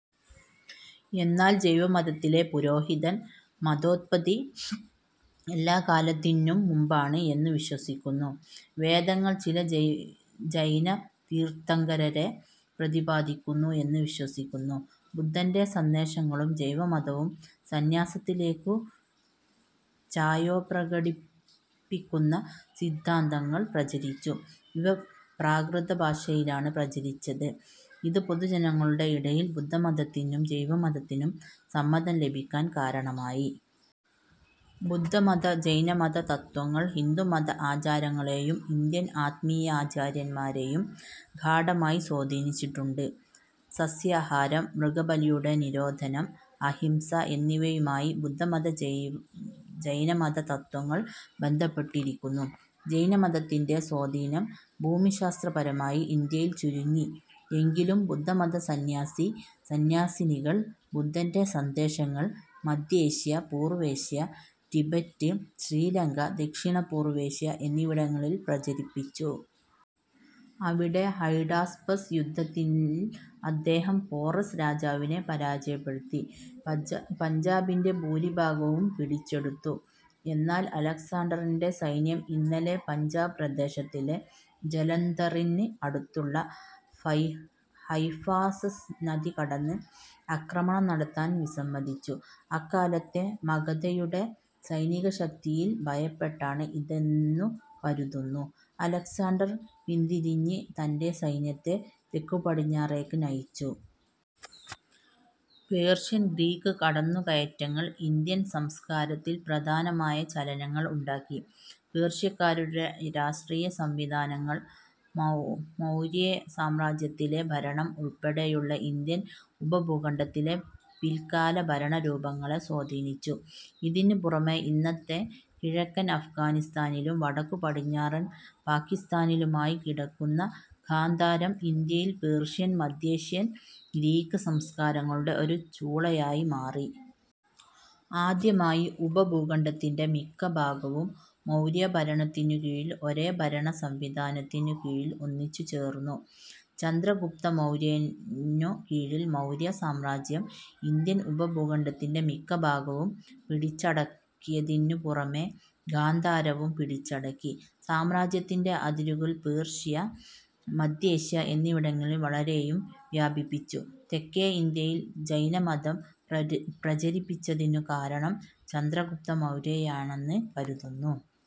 എന്നാൽ ജൈവ മതത്തിലെ പുരോഹിതർ മതോത്പത്തി എല്ലാ കാലത്തിനും മുൻപാണ് എന്നു വിശ്വസിക്കുന്നു. വേദങ്ങൾ ചില ജൈന തീർത്ഥങ്കരരെ പ്രതിപാദിക്കുന്നു എന്ന് വിശ്വസിക്കുന്നു.. ബുദ്ധന്റെ സന്ദേശങ്ങളും ജൈവമതവും സന്യാസത്തിലേയ്ക്കു ചായ്വ് പ്രകടിപ്പിക്കുന്ന സിദ്ധാന്തങ്ങൾ പ്രചരിപ്പിച്ചു. ഇവ പ്രാകൃത ഭാഷയിലാണ് പ്രചരിപ്പിച്ചത്, ഇത് പൊതുജനങ്ങളുടെ ഇടയിൽ ബദ്ധമതത്തിനും ജൈവമതത്തിനും സമ്മതം ലഭിക്കാൻ കാരണമായി. ബുദ്ധമത ജൈനമത തത്ത്വങ്ങൾ ഹിന്ദുമത ആചാരങ്ങളെയും ഇന്ത്യൻ ആത്മീയാചാര്യന്മാരെയും ഗാഢമായി സ്വാധീനിച്ചിട്ടുണ്ട്. സസ്യാഹാരം, മൃഗബലിയുടെ നിരോധനം, അഹിംസ എന്നിവയുമായി ബുദ്ധമത-ജൈനമത തത്ത്വങ്ങൾ ബന്ധപ്പെട്ടിരിക്കുന്നു. ജൈനമതത്തിന്റെ സ്വാധീനം ഭൂമിശാസ്ത്രപരമായി ഇന്ത്യയിൽ ചുരുങ്ങി എങ്കിലും ബുദ്ധമത സന്യാസീ-സന്യാസിനികൾ ബുദ്ധന്റെ സന്ദേശങ്ങൾ മദ്ധ്യേഷ്യ, പൂർവേഷ്യ, റ്റിബറ്റ്, ശ്രീ ലങ്ക, ദക്ഷിണപൂർവേഷ്യ എന്നിവിടങ്ങളിൽ പ്രചരിപ്പിച്ചു. അവിടെ, ഹൈഡാസ്പസ് യുദ്ധത്തിൽ അദ്ദേഹം പോറസ് രാജാവിനെ പരാജയപ്പെടുത്തി, പഞ്ചാബിന്റെ ഭൂരിഭാഗവും പിടിച്ചെടുത്തു; എന്നാൽ അലക്സാണ്ടറിന്റെ സൈന്യം ഇന്നത്തെ പഞ്ചാബ് പ്രദേശത്തിലെ ജലന്ധറിന് അടുത്തുള്ള ഹൈഫാസസ് നദി കടന്ന് ആക്രമണം നടത്താൻ വിസമ്മതിച്ചു. അക്കാലത്തെ മഗധയുടെ സൈനികശക്തിയിൽ ഭയപ്പെട്ടാണ് ഇതെന്നു കരുതുന്നു. അലക്സാണ്ടർ പിന്തിരിഞ്ഞ് തന്റെ സൈന്യത്തെ തെക്കുപടിഞ്ഞാറേയ്ക്ക് നയിച്ചു. പേർഷ്യൻ, ഗ്രീക്ക് കടന്നുകയറ്റങ്ങൾ ഇന്ത്യൻ സംസ്കാരത്തിൽ പ്രധാനമായ ചലനങ്ങൾ ഉണ്ടാക്കി. പേർഷ്യക്കാരുടെ രാഷ്ട്രീയ സംവിധാനങ്ങൾ മൌര്യ സാമ്രാജ്യത്തിലെ ഭരണം ഉൾപ്പെടെയുള്ള ഇന്ത്യൻ ഉപഭൂഖണ്ഡത്തിലെ പിൽക്കാല ഭരണ രൂപങ്ങളെ സ്വാധീനിച്ചു. ഇതിനു പുറമേ, ഇന്നത്തെ കിഴക്കൻ അഫ്ഗാനിസ്ഥാനിലും വടക്കുപടിഞ്ഞാറൻ പാകിസ്താനിലുമായി കിടക്കുന്ന ഗാന്ധാരം ഇന്ത്യൻ, പേർഷ്യൻ, മദ്ധ്യേഷ്യൻ, ഗ്രീക്ക് സംസ്കാരങ്ങളുടെ ഒരു ചൂളയായി മാറി. ആദ്യമായി ഉപഭൂഖണ്ഡത്തിന്റെ മിക്ക ഭാഗവും മൌര്യ ഭരണത്തിനു കീഴിൽ ഒരേ ഭരണസംവിധാനത്തിനു കീഴിൽ ഒന്നിച്ചുചേർന്നു. ചന്ദ്രഗുപ്ത മൌര്യനു കീഴിൽ മൌര്യ സാമ്രാജ്യം ഇന്ത്യൻ ഉപഭൂഖണ്ഡത്തിന്റെ മിക്ക ഭാഗവും പിടിച്ചടക്കിയതിനു പുറമേ, ഗാന്ധാരവും പിടിച്ചടക്കി സാമ്രാജ്യത്തിന്റെ അതിരുകൾ പേർഷ്യ, മദ്ധ്യേഷ്യ എന്നിവിടങ്ങൾ വരെയും വ്യാപിപ്പിച്ചു. തെക്കേ ഇന്ത്യയിൽ ജൈനമതം പ്രചരിച്ചതിനു കാരണം ചന്ദ്രഗുപ്തമൌര്യനാണെന്ന് കരുതുന്നു.